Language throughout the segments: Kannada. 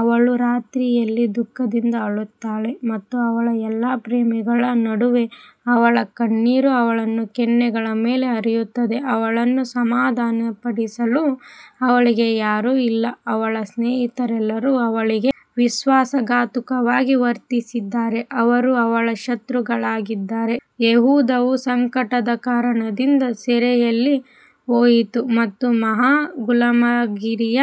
ಅವಳು ರಾತ್ರಿಯಲ್ಲಿ ದುಃಖದಿಂದ ಅಳುತ್ತಾಳೆ ಮತ್ತು ಅವಳ ಎಲ್ಲಾ ಪ್ರೇಮಿಗಳ ನಡುವೆ ಅವಳ ಕಣ್ಣೀರು ಅವಳ ಕೆನ್ನೆಗಳ ಮೇಲೆ ಹರಿಯುತ್ತದೆ, ಅವಳನ್ನು ಸಮಾಧಾನಪಡಿಸಲು ಅವಳಿಗೆ ಯಾರೂ ಇಲ್ಲ, ಅವಳ ಸ್ನೇಹಿತರೆಲ್ಲರೂ ಅವಳಿಗೆ ವಿಶ್ವಾಸಘಾತುಕವಾಗಿ ವರ್ತಿಸಿದ್ದಾರೆ, ಅವರು ಅವಳ ಶತ್ರುಗಳಾಗಿದ್ದಾರೆ. ಯೆಹೂದವು ಸಂಕಟದ ಕಾರಣದಿಂದ ಸೆರೆಯಲ್ಲಿ ಹೋಯಿತು ಮತ್ತು ಮಹಾ ಗುಲಾಮಗಿರಿಯ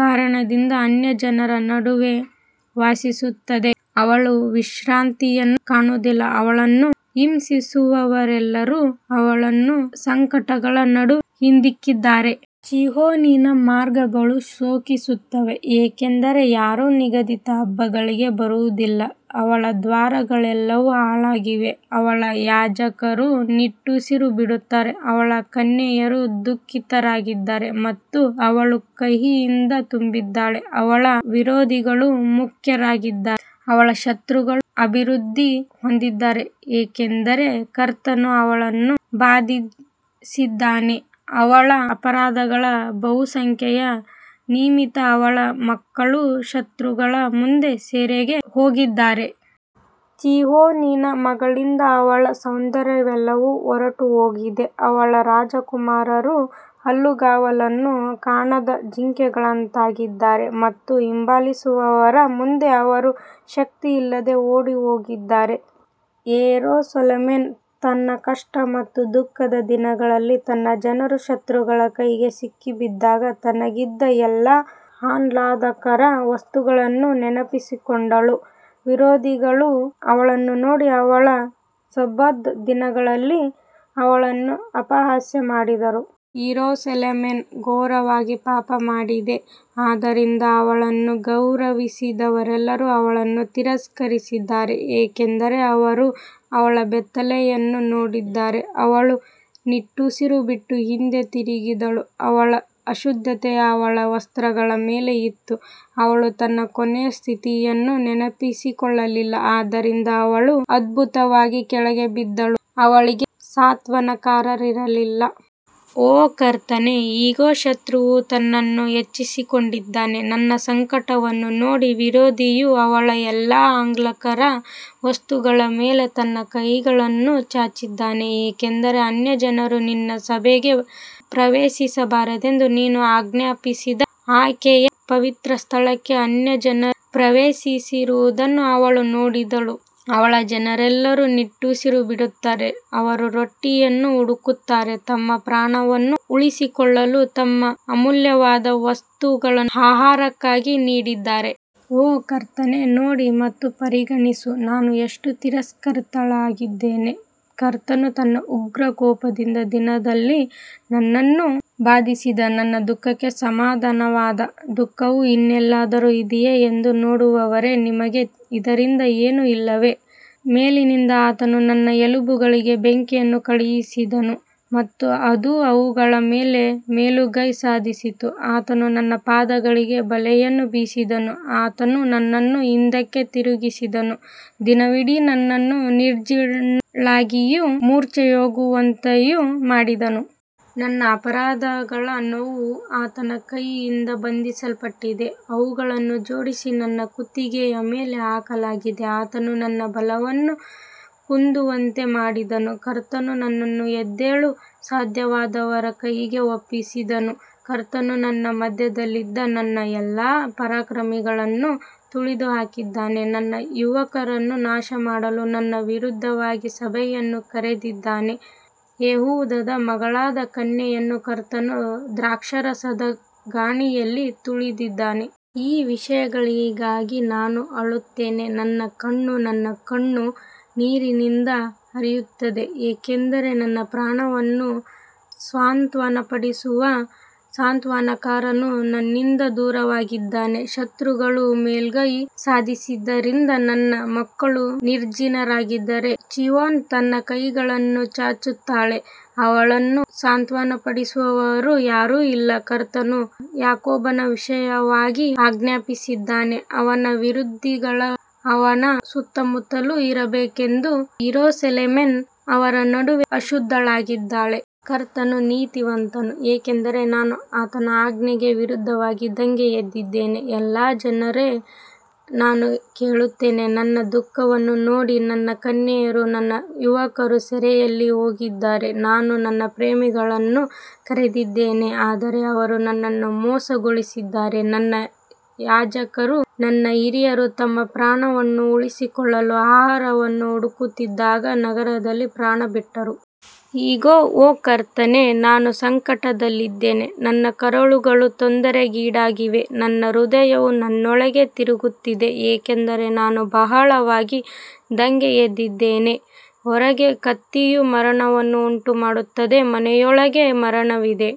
ಕಾರಣದಿಂದ ಅನ್ಯಜನರ ನಡುವೆ ವಾಸಿಸುತ್ತದೆ, ಅವಳು ವಿಶ್ರಾಂತಿಯನ್ನು ಕಾಣುವುದಿಲ್ಲ, ಅವಳನ್ನು ಹಿಂಸಿಸುವವರೆಲ್ಲರೂ ಅವಳನ್ನು ಸಂಕಟಗಳ ನಡುವೆ ಹಿಂದಿಕ್ಕಿದ್ದಾರೆ. ಚೀಯೋನಿನ ಮಾರ್ಗಗಳು ಶೋಕಿಸುತ್ತವೆ, ಏಕೆಂದರೆ ಯಾರೂ ನಿಗದಿತ ಹಬ್ಬಗಳಿಗೆ ಬರುವುದಿಲ್ಲ, ಅವಳ ದ್ವಾರಗಳೆಲ್ಲವೂ ಹಾಳಾಗಿವೆ, ಅವಳ ಯಾಜಕರು ನಿಟ್ಟುಸಿರು ಬಿಡುತ್ತಾರೆ, ಅವಳ ಕನ್ಯೆಯರು ದುಃಖಿತರಾಗಿದ್ದಾರೆ ಮತ್ತು ಅವಳು ಕಹಿಯಿಂದ ತುಂಬಿದ್ದಾಳೆ. ಅವಳ ವಿರೋಧಿಗಳು ಮುಖ್ಯರಾಗಿದ್ದಾರೆ, ಅವಳ ಶತ್ರುಗಳು ಅಭಿವೃದ್ಧಿ ಹೊಂದುತ್ತಿದ್ದಾರೆ, ಏಕೆಂದರೆ ಕರ್ತನು ಅವಳನ್ನು ಬಾಧಿಸಿದ್ದಾನೆ, ಅವಳ ಅಪರಾಧಗಳ ಬಹುಸಂಖ್ಯೆಯ ನಿಮಿತ್ತ ಅವಳ ಮಕ್ಕಳು ಶತ್ರುಗಳ ಮುಂದೆ ಸೆರೆಗೆ ಹೋಗಿದ್ದಾರೆ. ಚೀಯೋನಿನ ಮಗಳಿಂದ ಅವಳ ಸೌಂದರ್ಯವೆಲ್ಲವೂ ಹೊರಟುಹೋಗಿದೆ, ಅವಳ ರಾಜಕುಮಾರರು ಹುಲ್ಲುಗಾವಲನ್ನು ಕಾಣದ ಜಿಂಕೆಗಳಂತಾಗಿದ್ದಾರೆ ಮತ್ತು ಹಿಂಬಾಲಿಸುವವರ ಮುಂದೆ ಅವರು ಶಕ್ತಿಯಿಲ್ಲದೆ ಓಡಿಹೋಗಿದ್ದಾರೆ. ಯೆರೂಸಲೇಮ್ ತನ್ನ ಕಷ್ಟ ಮತ್ತು ದುಃಖದ ದಿನಗಳಲ್ಲಿ ತನ್ನ ಜನರು ಶತ್ರುಗಳ ಕೈಗೆ ಸಿಕ್ಕಿಬಿದ್ದಾಗ ತನಗಿದ್ದ ಎಲ್ಲಾ ಆಹ್ಲಾದಕರ ವಸ್ತುಗಳನ್ನು ನೆನಪಿಸಿಕೊಂಡಳು, ವಿರೋಧಿಗಳು ಅವಳನ್ನು ನೋಡಿ ಅವಳ ಸಬ್ಬತ್ ದಿನಗಳಲ್ಲಿ ಅವಳನ್ನು ಅಪಹಾಸ್ಯ ಮಾಡಿದರು. ಯೆರೂಸಲೇಮ್ ಘೋರವಾಗಿ ಪಾಪಮಾಡಿದೆ, ಆದ್ದರಿಂದ ಅವಳನ್ನು ಗೌರವಿಸಿದವರೆಲ್ಲರೂ ಅವಳನ್ನು ತಿರಸ್ಕರಿಸಿದ್ದಾರೆ, ಏಕೆಂದರೆ ಅವರು ಅವಳ ಬೆತ್ತಲೆತನವನ್ನು ನೋಡಿದ್ದಾರೆ, ಅವಳು ನಿಟ್ಟುಸಿರು ಬಿಟ್ಟು ಹಿಂದೆ ತಿರುಗಿದಳು, ಅವಳ ಅಶುದ್ಧತೆ ಅವಳ ವಸ್ತ್ರಗಳ ಮೇಲೆ ಇತ್ತು, ಅವಳು ತನ್ನ ಕೊನೆಯ ಸ್ಥಿತಿಯನ್ನು ನೆನಪಿಸಿಕೊಳ್ಳಲಿಲ್ಲ, ಆದ್ದರಿಂದ ಅವಳು ಅದ್ಭುತವಾಗಿ ಕೆಳಗೆ ಬಿದ್ದಳು, ಅವಳಿಗೆ ಸಾಂತ್ವನಕಾರರಿರಲಿಲ್ಲ. ಓ ಕರ್ತನೇ, ಇಗೋ, ಶತ್ರುವು ತನ್ನನ್ನು ಹೆಚ್ಚಿಸಿಕೊಂಡಿದ್ದಾನೆ. ನನ್ನ ಸಂಕಟವನ್ನು ನೋಡಿ, ವಿರೋಧಿಯು ಅವಳ ಎಲ್ಲಾ ಆಹ್ಲಾದಕರ ವಸ್ತುಗಳ ಮೇಲೆ ತನ್ನ ಕೈಯನ್ನು ಚಾಚಿದ್ದಾನೆ, ಏಕೆಂದರೆ ಅನ್ಯಜನರು ನಿನ್ನ ಸಭೆಗೆ ಪ್ರವೇಶಿಸಬಾರದೆಂದು ನೀನು ಆಜ್ಞಾಪಿಸಿದ ಆಕೆಯ ಪವಿತ್ರಸ್ಥಳಕ್ಕೆ ಅನ್ಯಜನರು ಪ್ರವೇಶಿಸಿರುವುದನ್ನು ಅವಳು ನೋಡಿದಳು. ಅವಳ ಜನರೆಲ್ಲರೂ ನಿಟ್ಟುಸಿರು ಬಿಡುತ್ತಾರೆ, ಅವರು ರೊಟ್ಟಿಯನ್ನು ಹುಡುಕುತ್ತಾರೆ, ತಮ್ಮ ಪ್ರಾಣವನ್ನು ಉಳಿಸಿಕೊಳ್ಳಲು ತಮ್ಮ ಅಮೂಲ್ಯವಾದ ವಸ್ತುಗಳನ್ನು ಆಹಾರಕ್ಕಾಗಿ ನೀಡಿದ್ದಾರೆ. ಓ ಕರ್ತನೇ, ನೋಡಿ ಮತ್ತು ಪರಿಗಣಿಸು, ನಾನು ಎಷ್ಟು ತಿರಸ್ಕೃತಳಾಗಿದ್ದೇನೆ. ಕರ್ತನು ತನ್ನ ಉಗ್ರಕೋಪದ ದಿನದಲ್ಲಿ ನನ್ನನ್ನು ಬಾಧಿಸಿದ ನನ್ನ ದುಃಖಕ್ಕೆ ಸಮಾನವಾದ ದುಃಖವು ಇನ್ನೆಲ್ಲಾದರೂ ಇದೆಯೇ ಎಂದು ನೋಡುವವರೇ, ನಿಮಗೆ ಇದರಿಂದ ಏನೂ ಇಲ್ಲವೇ? ಮೇಲಿನಿಂದ ಆತನು ನನ್ನ ಎಲುಬುಗಳಿಗೆ ಬೆಂಕಿಯನ್ನು ಕಳುಹಿಸಿದನು ಮತ್ತು ಅದು ಅವುಗಳ ಮೇಲೆ ಮೇಲುಗೈ ಸಾಧಿಸಿತು, ಆತನು ನನ್ನ ಪಾದಗಳಿಗೆ ಬಲೆಯನ್ನು ಬೀಸಿದನು, ಆತನು ನನ್ನನ್ನು ಹಿಂದಕ್ಕೆ ತಿರುಗಿಸಿದನು, ದಿನವಿಡೀ ನನ್ನನ್ನು ನಿರ್ಜನಳಾಗಿಯೂ ಮೂರ್ಛೆಹೋಗುವಂತೆಯೂ ಮಾಡಿದನು. ನನ್ನ ಅಪರಾಧಗಳ ನೊಗವು ಆತನ ಕೈಯಿಂದ ಬಂಧಿಸಲ್ಪಟ್ಟಿದೆ, ಅವುಗಳನ್ನು ಜೋಡಿಸಿ ನನ್ನ ಕುತ್ತಿಗೆಯ ಮೇಲೆ ಹಾಕಲಾಗಿದೆ, ಆತನು ನನ್ನ ಬಲವನ್ನು ಕುಂದುವಂತೆ ಮಾಡಿದನು, ಕರ್ತನು ನನ್ನನ್ನು ಎದ್ದೇಳಲು ಸಾಧ್ಯವಾಗದವರ ಕೈಗೆ ಒಪ್ಪಿಸಿದನು. ಕರ್ತನು ನನ್ನ ಮಧ್ಯದಲ್ಲಿದ್ದ ನನ್ನ ಎಲ್ಲಾ ಪರಾಕ್ರಮಿಗಳನ್ನು ತುಳಿದುಹಾಕಿದ್ದಾನೆ, ನನ್ನ ಯುವಕರನ್ನು ನಾಶಮಾಡಲು ನನ್ನ ವಿರುದ್ಧವಾಗಿ ಸಭೆಯನ್ನು ಕರೆದಿದ್ದಾನೆ, ಯೆಹೂದದ ಮಗಳಾದ ಕನ್ಯೆಯನ್ನು ಕರ್ತನು ದ್ರಾಕ್ಷಾರಸದ ಗಾಣಿಯಲ್ಲಿ ತುಳಿದಿದ್ದಾನೆ. ಈ ವಿಷಯಗಳಿಗಾಗಿ ನಾನು ಅಳುತ್ತೇನೆ, ನನ್ನ ಕಣ್ಣು, ನನ್ನ ಕಣ್ಣು ನೀರಿನಿಂದ ಹರಿಯುತ್ತದೆ, ಏಕೆಂದರೆ ನನ್ನ ಪ್ರಾಣವನ್ನು ಸಾಂತ್ವನಪಡಿಸುವ ಸಾಂತ್ವನಕಾರನು ನನ್ನಿಂದ ದೂರವಾಗಿದ್ದಾನೆ, ಶತ್ರುಗಳು ಮೇಲುಗೈ ಸಾಧಿಸಿದ್ದರಿಂದ ನನ್ನ ಮಕ್ಕಳು ನಿರ್ಜನರಾಗಿದ್ದಾರೆ. ಚೀಯೋನ್ ತನ್ನ ಕೈಗಳನ್ನು ಚಾಚುತ್ತಾಳೆ, ಅವಳನ್ನು ಸಾಂತ್ವನಪಡಿಸುವವರು ಯಾರೂ ಇಲ್ಲ. ಕರ್ತನು ಯಾಕೋಬನ ವಿಷಯವಾಗಿ ಆಜ್ಞಾಪಿಸಿದ್ದಾನೆ, ಅವನ ವಿರೋಧಿಗಳು ಅವನ ಸುತ್ತಲೂ ಇರಬೇಕೆಂದು, ಯೆರೂಸಲೇಮ್ ಅವರ ನಡುವೆ ಅಶುದ್ಧಳಾಗಿದ್ದಾಳೆ. ಕರ್ತನು ನೀತಿವಂತನು, ಏಕೆಂದರೆ ನಾನು ಆತನ ಆಜ್ಞೆಗೆ ವಿರುದ್ಧವಾಗಿ ದಂಗೆಯೆದ್ದಿದ್ದೇನೆ. ಎಲ್ಲಾ ಜನರೇ, ನಾನು ಕೇಳುತ್ತೇನೆ, ನನ್ನ ದುಃಖವನ್ನು ನೋಡಿ, ನನ್ನ ಕನ್ಯೆಯರೂ ನನ್ನ ಯುವಕರೂ ಸೆರೆಯಲ್ಲಿ ಹೋಗಿದ್ದಾರೆ. ನಾನು ನನ್ನ ಪ್ರೇಮಿಗಳನ್ನು ಕರೆದಿದ್ದೇನೆ, ಆದರೆ ಅವರು ನನ್ನನ್ನು ಮೋಸಗೊಳಿಸಿದ್ದಾರೆ. ನನ್ನ ಯಾಜಕರೂ ನನ್ನ ಹಿರಿಯರೂ ತಮ್ಮ ಪ್ರಾಣವನ್ನು ಉಳಿಸಿಕೊಳ್ಳಲು ಆಹಾರವನ್ನು ಹುಡುಕುತ್ತಿದ್ದಾಗ ನಗರದಲ್ಲಿ ಪ್ರಾಣಬಿಟ್ಟರು. ಇಗೋ, ಓ ಕರ್ತನೇ, ನಾನು ಸಂಕಟದಲ್ಲಿದ್ದೇನೆ, ನನ್ನ ಕರುಳುಗಳು ತೊಂದರೆಗೀಡಾಗಿವೆ, ನನ್ನ ಹೃದಯವು ನನ್ನೊಳಗೆ ತಿರುಗುತ್ತಿದೆ, ಏಕೆಂದರೆ ನಾನು ಬಹಳವಾಗಿ ದಂಗೆಯೆದ್ದಿದ್ದೇನೆ. ಹೊರಗೆ ಕತ್ತಿಯು ಮರಣವನ್ನು ಉಂಟುಮಾಡುತ್ತದೆ, ಮನೆಯೊಳಗೆ ಮರಣವಿದೆ.